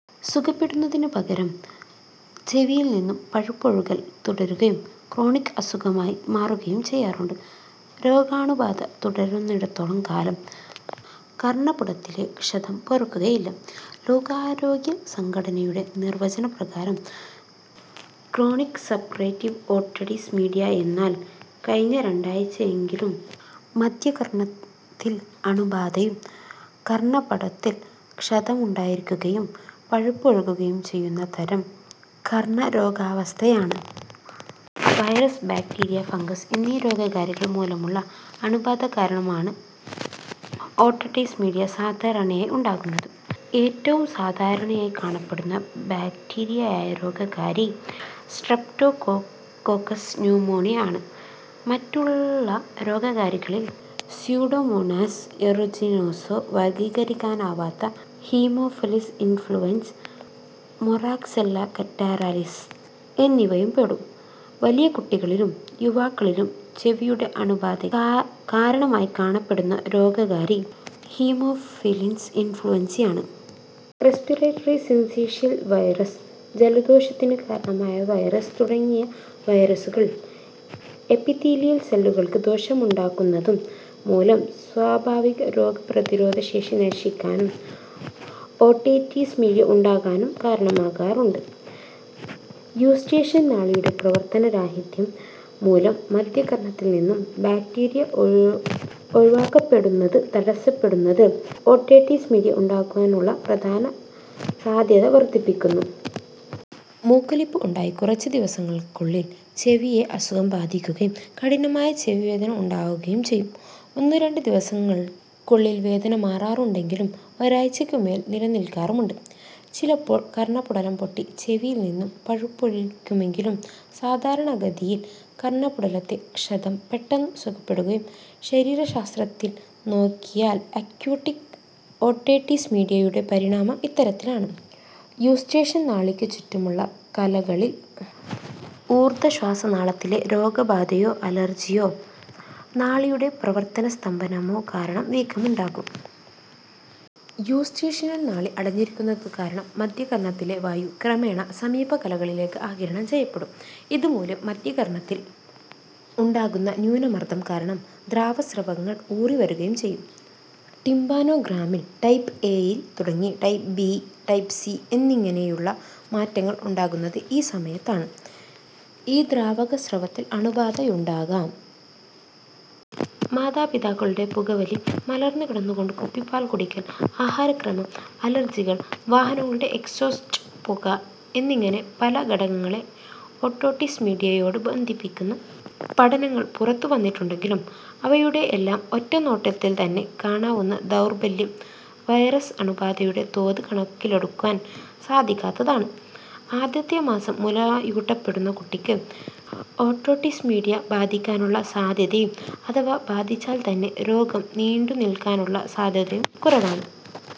സുഖപ്പെടുന്നതിനു പകരം ചെവിയിൽ നിന്നുള്ള പഴുപ്പൊഴുകൽ തുടരുകയും ക്രോണിക് അസുഖമായി മാറുകയും ചെയ്യാറുണ്ട്. രോഗാണുബാധ തുടരുന്നിടത്തോളം കാലം കർണ്ണപുടത്തിലെ ക്ഷതം പൊറുക്കുകയില്ല. ലോകാരോഗ്യ സംഘടനയുടെ നിർവചനപ്രകാരം ക്രോണിക് സപ്പുറേറ്റീവ് ഓട്ടൈറ്റിസ് മീഡിയ എന്നാൽ "കഴിഞ്ഞ രണ്ടാഴ്ച്ചയായെങ്കിലും മദ്ധ്യകർണ്ണത്തിൽ അണുബാധയും, കർണ്ണപുടത്തിൽ ക്ഷതമുണ്ടായിരിക്കുകയും, പഴുപ്പ് ഒഴുകുകയും ചെയ്യുന്ന തരം കർണ്ണരോഗാവസ്ഥയാണ്". വൈറസ്, ബാക്ടീരിയ, ഫങ്കസ് എന്നീ രോഗകാരികൾ മൂലമുള്ള അണുബാധ കാരണമാണ് ഓട്ടൈറ്റിസ് മീഡിയ സാധാരണയായി ഉണ്ടാകുന്നത്. ഏറ്റവും സാധാരണയായി കാണപ്പെടുന്ന ബാക്ടീരിയയായ രോഗകാരി സ്ട്രെപ്റ്റോകോക്കസ് ന്യൂമോണിയെ ആണ്. മറ്റുള്ള രോഗകാരികളിൽ സ്യൂഡോമോണാസ് ഏറൂജിനോസ, വർഗ്ഗീകരിക്കാനാവാത്ത ഹീമോഫിലസ് ഇൻഫ്ലുവൻസ, മൊറാക്സെല്ല കറ്റാറാലിസ് എന്നിവയും പെടും. വലിയ കുട്ടികളിലും യുവാക്കളിലും ചെവിയുടെ അണുബാധയ്ക്ക് കാരണമായി കാണപ്പെടുന്ന രോഗകാരി ഹീമോഫിലസ് ഇൻഫ്ലുവൻസയാണ്. റെസ്പിറേറ്ററി സിൻസീഷ്യൽ വൈറസ് ജലദോഷത്തിന് കാരണമായ വൈറസ് തുടങ്ങിയ വൈറസുകൾ എപ്പിത്തീലിയൽ സെല്ലുകൾക്ക് ദോഷമുണ്ടാക്കുന്നതു മൂലം സ്വാഭാവിക് രോഗപ്രതിരോധ ശേഷി നശിപ്പിക്കാനും ഓട്ടൈറ്റിസ് മീഡിയ ഉണ്ടാകാനും കാരണമാകാറുണ്ട്. യൂസ്റ്റേഷ്യൻ നാളിയുടെ പ്രവർത്തനരാഹിത്യം, മൂലം മദ്ധ്യകർണ്ണത്തിൽ നിന്ന് ബാക്ടീരിയ ഒഴിവാക്കപ്പെടുന്നത് തടസ്സപ്പെടുന്നത് ഓട്ടൈറ്റിസ് മീഡിയ ഉണ്ടാകാനുള്ള സാധ്യത വർദ്ധിപ്പിക്കും. മൂക്കൊലിപ്പ് ഉണ്ടായി കുറച്ചുദിവസങ്ങൾക്കുള്ളിൽ ചെവിയെ അസുഖം ബാധിക്കുകയും കഠിനമായ ചെവി വേദന ഉണ്ടാവുകയും ചെയ്യും. ഒന്നുരണ്ട് ദിവസങ്ങൾക്കുള്ളിൽ വേദന മാറാറുണ്ടെങ്കിലും ഒരാഴ്ച്ചയ്ക്കുമേൽ നിലനില്ക്കാറുമുണ്ട്. ചിലപ്പോൾ കർണ്ണപുടം പൊട്ടി ചെവിയിൽ നിന്നും പഴുപ്പൊഴുകുമെങ്കിലും സാധാരണ ഗതിയിൽ കർണ്ണപുടത്തിലെ ക്ഷതം പെട്ടെന്ന് സുഖപ്പെടും. ശരീരശാസ്ത്രതലത്തിൽ നോക്കിയാൽ അക്യൂട്ട് ഓട്ടൈറ്റിസ് മീഡിയയുടെ പരിണാമം ഇത്തരത്തിലാണ്: യൂസ്റ്റേഷ്യൻ നാളിക്ക് ചുറ്റുമുള്ള കലകളിൽ ഊർദ്ധ്വ ശ്വാസനാളത്തിലെ രോഗബാധയോ അലർജ്ജിയോ, നാളിയുടെ പ്രവർത്തനസ്തംഭനമോ കാരണം വീക്കമുണ്ടാകും. യൂസ്റ്റേഷ്യൻ നാളി അടഞ്ഞിരിക്കുന്നത് കാരണം മദ്ധ്യകർണ്ണത്തിലെ വായു ക്രമേണ സമീപകലകളിലേക്ക് ആഗിരണം ചെയ്യപ്പെടും. ഇതുമൂലം മദ്ധ്യകർണ്ണത്തിൽ ഉണ്ടാകുന്ന ന്യൂനമർദ്ദം കാരണം ദ്രാവക സ്രവങ്ങൾ ഊറിവരികയും ചെയ്യും. ടിമ്പാനോഗ്രാമിൽ ടൈപ്പ് എ-യിൽ തുടങ്ങി ടൈപ്പ്-ബി, ടൈപ്പ്-സി എന്നിങ്ങനെയുള്ള മാറ്റങ്ങൾ ഉണ്ടാകുന്നത് ഈ സമയത്താണ്. ഈ ദ്രാവക സ്രവത്തിൽ അണുബാധയുണ്ടാകാം. മാതാപിതാക്കളുടെ പുകവലി, മലർന്നുകിടന്നുകൊണ്ട് കുപ്പിപ്പാൽ കുടിക്കൽ, ആഹാരക്രമം, അലർജികൾ, വാഹനങ്ങളുടെ എക്സ്ഹോസ്റ്റ് പുക എന്നിങ്ങനെ പല ഘടകങ്ങളെ ഓട്ടൈറ്റിസ് മീഡിയയോട് ബന്ധിപ്പിക്കുന്ന പഠനങ്ങൾ പുറത്തുവന്നിട്ടുണ്ടെങ്കിലും അവയുടെയെല്ലാം ഒറ്റനോട്ടത്തിൽത്തന്നെ കാണാവുന്ന ദൗർബല്യം വൈറസ് അണുബാധയുടെ തോത് കണക്കിലെടുക്കാൻ സാധിക്കാത്തതാണ്. ആദ്യത്തെ മാസം മുലയൂട്ടപ്പെടുന്ന കുട്ടികൾക്ക് ഓട്ടൈറ്റിസ് മീഡിയ ബാധിക്കാനുള്ള സാധ്യതയും അഥവാ ബാധിച്ചാൽത്തന്നെ രോഗം നീണ്ടുനിൽക്കാനുള്ള സാധ്യതയും കുറവാണ്.